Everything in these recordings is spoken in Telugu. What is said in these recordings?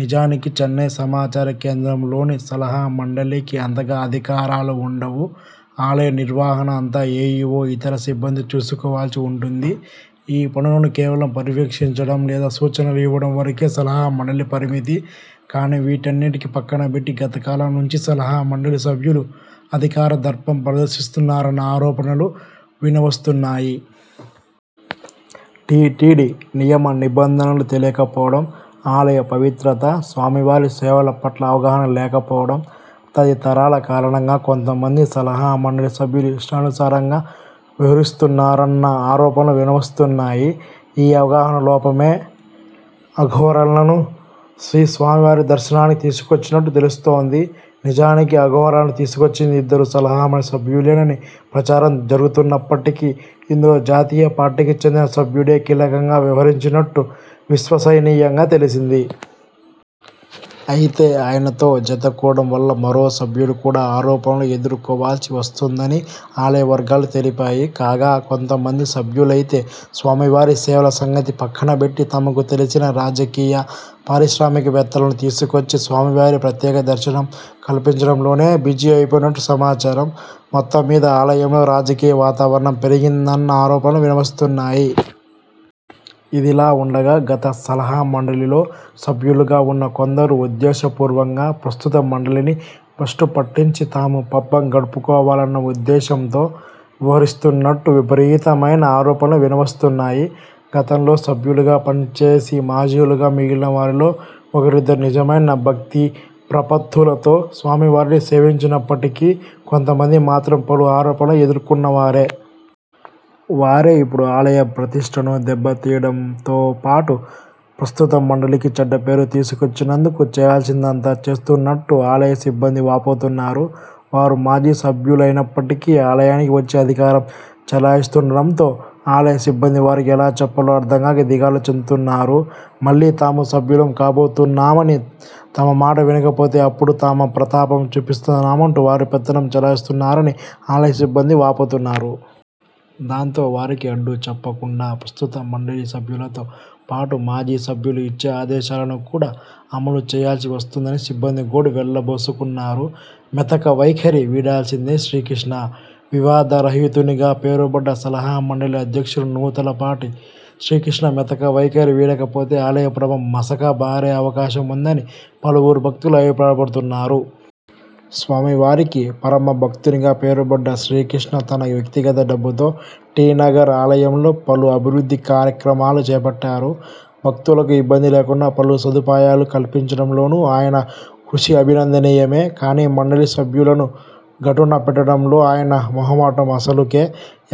నిజానికి చెన్నై సమాచారకేంద్రంలోని సలహామండలికి అంతగా అధికారాలు ఉండవు. ఆలయ నిర్వహణ అంతా ఏఈవో, ఇతర సిబ్బందే చూసుకోవాల్సి వుంటుంది. ఈ పనులను కేవలం పర్యవేక్షించడం, లేదా సూచనలు ఇవ్వడం వరకే సలహామండలి పరిమితి. కానీ వీటన్నింటినీ పక్కనబెట్టి గతకాలం నుంచే సలహా మండలి సభ్యులు అధికార దర్పం ప్రదర్శిస్తున్నారన్న ఆరోపణలు వినవస్తున్నాయి. టీటీడీ నియమ నిబంధనలు తెలియకపోవడం, ఆలయ పవిత్రత, స్వామివారి సేవల పట్ల అవగాహన లేకపోవడం తదితరాల కారణంగా కొంతమంది సలహామండలి సభ్యులు ఇష్టాను సారంగా వ్యవహరిస్తున్నారన్న ఆరోపణలు వినవస్తున్నాయి. ఈ అవగాహనా లోపమే అఘోరా లను శ్రీస్వామివారి దర్శనానికి తీసుకొచ్చినట్టు తెలుస్తోంది. నిజానికి అఘోరాలను తీసుకొచ్చింది ఇద్దరు సలహామండలి సభ్యులేనని ప్రచారం జరుగుతున్నప్పటికీ ఇందులో జాతీయ పార్టీకి చెందిన సభ్యుడే కీలకంగా వ్యవహరించినట్టు విశ్వసనీయంగా తెలిసింది. అయితో ఆయనతో జతకూడడం వల్ల మరో సభ్యుడు కూడా ఆరోపణలు ఎదుర్కోవాల్సి వస్తోందని ఆలయవర్గాలు తెలిపాయి. కాగా కొంతమంది సభ్యులైతే స్వామివారి సేవల సంగతి పక్కనబెట్టి తమకు తెలిసిన రాజకీయ, పారిశ్రామికవేత్తలను తీసుకొచ్చి స్వామివారి ప్రత్యేకదర్శనం కల్పించడంలోనే బిజీ అయిపోయినట్టు సమాచారం. మొత్తమ్మీద ఆలయంలో రాజకీయ వాతావరణం పెరిగిందన్న ఆరోపణలు వినవస్తున్నాయి. ఇదిలా వుండగా గత సలహామండలిలో సభ్యులుగా వున్న కొందరు ఉద్దేశపూర్వంగా ప్రస్తుత మండలిని భ్రష్టు పట్టించి తాము పబ్బం గడుపుకోవాలన్న ఉద్దేశంతో వ్యవహరిస్తున్నట్టు విపరీతమైన ఆరోపణలు వినవస్తున్నాయి. గతంలో సభ్యులుగా పనిచేసి మాజీలుగా మిగిలినవారిలో ఒకరిద్దరు నిజమైన భక్తిప్రపత్తులతో స్వామివారిని సేవించుకున్నప్పటికీ కొంతమంది మాత్రం పలు ఆరోపణలు ఎదుర్కొన్నవారే. వారే ఇప్పుడు ఆలయ ప్రతిష్టను దెబ్బతీయడంతో పాటు ప్రస్తుత మండలికి చెడ్డ పేరు తీసుకువచ్చేందుకు చేయాల్సిందంతా చేస్తున్నట్టు ఆలయ సిబ్బంది వాపోతున్నారు. వారు మాజీ సభ్యులైనప్పటికీ ఆలయానికి వచ్చి అధికారం చెలాయిస్తుండడంతో ఆలయ సిబ్బంది వారికి ఎలా చెప్పాలో అర్థంగాక దిగాలు చెందుతున్నారు. మళ్లీ తాము సభ్యులం కాబోతున్నామని, తమ మాట వినకపోతే అప్పుడు తమ ప్రతాపం చూపిస్తామంటూ వారు పెత్తనం చెలాయిస్తున్నారని ఆలయ సిబ్బంది వాపోతున్నారు. దాంతో వారికి అడ్డు చెప్పకుండా ప్రస్తుత మండలి సభ్యులతో పాటు మాజీ సభ్యులు ఇచ్చే ఆదేశాలను కూడా అమలు చేయాల్సివస్తోందని సిబ్బంది గోడు వెళ్లబోసుకున్నారు. మెతకవైఖరి వీడాల్సిందే శ్రీకృష్ణా! వివాదరహితునిగా పేరుబడ్డ సలహామండలి అధ్యక్షుడు నూతలపాటి శ్రీకృష్ణ మెతక వైఖరి వీడకపోతే ఆలయప్రభ మసకబారే అవకాశముందని పలువురు భక్తులు అభిప్రాయపడుతున్నారు. స్వామివారికి పరమభక్తునిగా పేరుబడ్డ శ్రీకృష్ణ తన వ్యక్తిగత డబ్బుతో టి. నగర్ ఆలయంలో పలు అభివృద్ధి కార్యక్రమాలు చేపట్టారు. భక్తులకు ఇబ్బంది లేకుండా పలు సదుపాయాలు కల్పించడంలోనూ ఆయన కృషి అభినందనీయమే. కానీ మండలి సభ్యులను గాటున పెట్టడంలో ఆయన మొహమాటం అసలుకే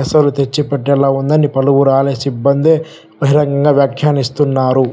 ఎసరు తెచ్చిపెట్టేలా వుందని పలువురు ఆలయ సిబ్బందే బహిరంగంగా వ్యాఖ్యానిస్తున్నారు.